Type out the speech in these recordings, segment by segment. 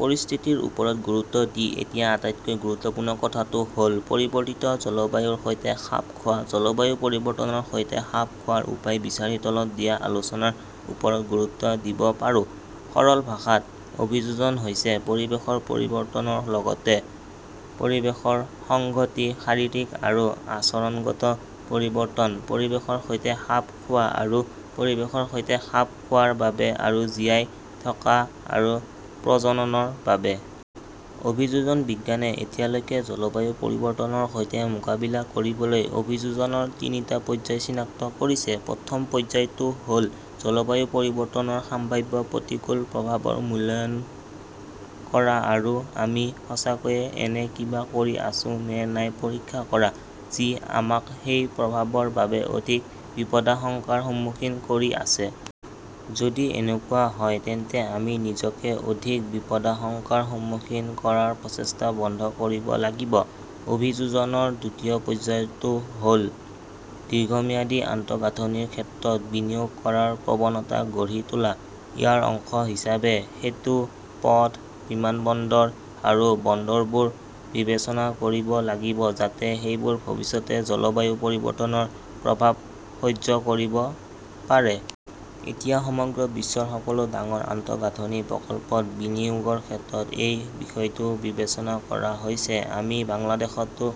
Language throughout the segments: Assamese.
পৰিস্থিতিৰ ওপৰত গুৰুত্ব দি এতিয়া আটাইতকৈ গুৰুত্বপূৰ্ণ কথাটো হ'ল, পৰিৱৰ্তিত জলবায়ুৰ সৈতে খাপ খোৱা। জলবায়ু পৰিৱৰ্তনৰ সৈতে খাপ খোৱাৰ উপায় বিচাৰি তলত দিয়া আলোচনাৰ ওপৰত গুৰুত্ব দিব পাৰোঁ। সৰল ভাষাত, অভিযোজন হৈছে পৰিৱেশৰ পৰিৱৰ্তনৰ লগতে পৰিৱেশৰ সংহতি, শাৰীৰিক আৰু আচৰণগত পৰিৱৰ্তন, পৰিৱেশৰ সৈতে খাপ খোৱা আৰু পৰিৱেশৰ সৈতে খাপ খোৱাৰ বাবে আৰু জীয়াই থকা আৰু প্ৰজননৰ বাবে। অভিযোজন বিজ্ঞানে এতিয়ালৈকে জলবায়ু পৰিৱৰ্তনৰ সৈতে মোকাবিলা কৰিবলৈ অভিযোজনৰ তিনিটা পৰ্যায় চিনাক্ত কৰিছে। প্ৰথম পৰ্যায়টো হ'ল, জলবায়ু পৰিৱৰ্তনৰ সম্ভাৱ্য প্ৰতিকূল প্ৰভাৱৰ মূল্যায়ন কৰা আৰু আমি সঁচাকৈয়ে এনে কিবা কৰি আছোঁ নে নাই পৰীক্ষা কৰা, যি আমাক সেই প্ৰভাৱৰ বাবে অধিক বিপদাশংকাৰ সন্মুখীন কৰি আছে। যদি এনেকুৱা হয়, তেন্তে আমি নিজকে অধিক বিপদাশংকাৰ সন্মুখীন কৰাৰ প্ৰচেষ্টা বন্ধ কৰিব লাগিব। অভিযোজনৰ দ্বিতীয় পৰ্যায়টো হ'ল দীৰ্ঘম্যাদী আন্তঃগাঁথনিৰ ক্ষেত্ৰত বিনিয়োগ কৰাৰ প্ৰৱণতা গঢ়ি তোলা। ইয়াৰ অংশ হিচাপে, সেতু, পথ, বিমানবন্দৰ আৰু বন্দৰবোৰ বিবেচনা কৰিব লাগিব যাতে সেইবোৰ ভৱিষ্যতে জলবায়ু পৰিৱৰ্তনৰ প্ৰভাৱ সহ্য কৰিব পাৰে। এতিয়া সমগ্ৰ বিশ্বৰ সকলো ডাঙৰ আন্তঃগাঁথনি প্ৰকল্পত বিনিয়োগৰ ক্ষেত্ৰত এই বিষয়টো বিবেচনা কৰা হৈছে। আমি বাংলাদেশতো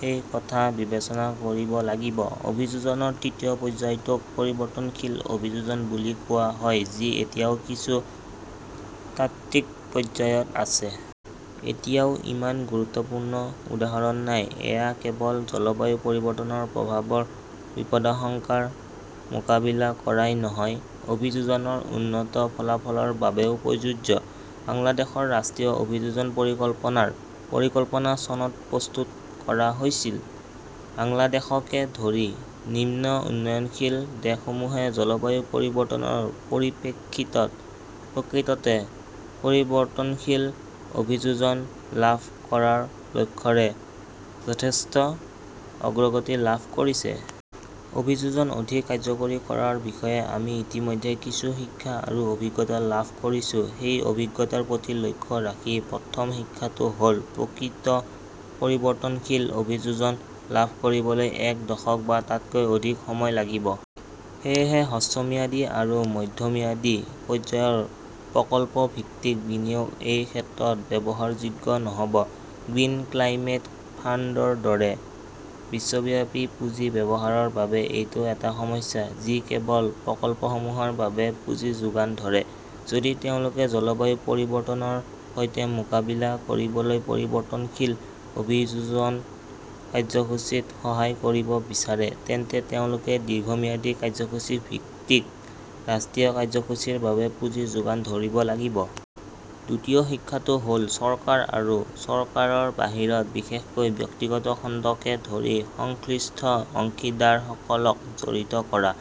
সেই কথা বিবেচনা কৰিব লাগিব। অভিযোজনৰ তৃতীয় পৰ্যায়টোক পৰিৱৰ্তনশীল অভিযোজন বুলি কোৱা হয়, যি এতিয়াও কিছু তাত্ত্বিক পৰ্যায়ত আছে। এতিয়াও ইমান গুৰুত্বপূৰ্ণ উদাহৰণ নাই। এয়া কেৱল জলবায়ু পৰিৱৰ্তনৰ প্ৰভাৱৰ বিপদাশংকাৰ মোকাবিলা কৰাই নহয়, অভিযোজনৰ উন্নত ফলাফলৰ বাবেও প্ৰযোজ্য। বাংলাদেশৰ ৰাষ্ট্ৰীয় অভিযোজন পৰিকল্পনাৰ পৰিকল্পনা চনত প্ৰস্তুত কৰা হৈছিল। বাংলাদেশকে ধৰি নিম্ন উন্নয়নশীল দেশসমূহে জলবায়ু পৰিৱৰ্তনৰ পৰিপ্ৰেক্ষিতত প্ৰকৃততে পৰিৱৰ্তনশীল অভিযোজন লাভ কৰাৰ লক্ষ্যৰে যথেষ্ট অগ্ৰগতি লাভ কৰিছে। অভিযোজন অধিক কাৰ্যকৰী কৰাৰ বিষয়ে আমি ইতিমধ্যে কিছু শিক্ষা আৰু অভিজ্ঞতা লাভ কৰিছো। সেই অভিজ্ঞতাৰ প্ৰতি লক্ষ্য ৰাখি প্ৰথম শিক্ষাটো হ'ল, প্ৰকৃত পৰিৱৰ্তনশীল অভিযোজন লাভ কৰিবলৈ এক দশক বা তাতকৈ অধিক সময় লাগিব। সেয়েহে, হ্ৰস্বম্যাদী আৰু মধ্যমীয়া পৰ্য্যায়ৰ প্ৰকল্পভিত্তিক বিনিয়োগ এই ক্ষেত্ৰত ব্যৱহাৰযোগ্য নহ'ব। গ্ৰীণ ক্লাইমেট ফাণ্ডৰ দৰে বিশ্বব্যাপী পুঁজি ব্যৱহাৰৰ বাবে এইটো এটা সমস্যা, যি কেৱল প্ৰকল্পসমূহৰ বাবে পুঁজি যোগান ধৰে। যদি তেওঁলোকে জলবায়ু পৰিৱৰ্তনৰ সৈতে মোকাবিলা কৰিবলৈ পৰিৱৰ্তনশীল অভিযোজন কাৰ্যসূচীত সহায় কৰিব বিচাৰে, তেন্তে তেওঁলোকে দীৰ্ঘম্যাদী কাৰ্যসূচী ভিত্তিক ৰাষ্ট্ৰীয় কাৰ্যসূচীৰ বাবে পুঁজি যোগান ধৰিব লাগিব। দ্বিতীয় শিক্ষাটো হ'ল, চৰকাৰ আৰু চৰকাৰৰ বাহিৰত বিশেষকৈ ব্যক্তিগত খণ্ডকে ধৰি সংশ্লিষ্ট অংশীদাৰসকলক জড়িত কৰা।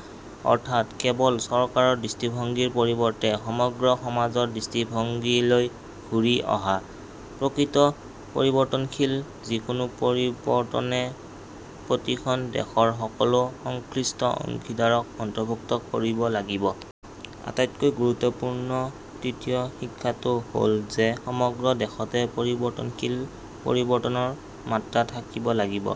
অৰ্থাৎ, কেৱল চৰকাৰৰ দৃষ্টিভংগীৰ পৰিৱৰ্তে সমগ্ৰ সমাজৰ দৃষ্টিভংগীলৈ ঘূৰি অহা। প্ৰকৃত পৰিৱৰ্তনশীল যিকোনো পৰিৱৰ্তনে প্ৰতিখন দেশৰ সকলো সংশ্লিষ্ট অংশীদাৰক অন্তৰ্ভুক্ত কৰিব লাগিব। আটাইতকৈ গুৰুত্বপূৰ্ণ তৃতীয় শিক্ষাটো হ'ল যে, সমগ্ৰ দেশতে পৰিৱৰ্তনশীল পৰিৱৰ্তনৰ মাত্ৰা থাকিব লাগিব।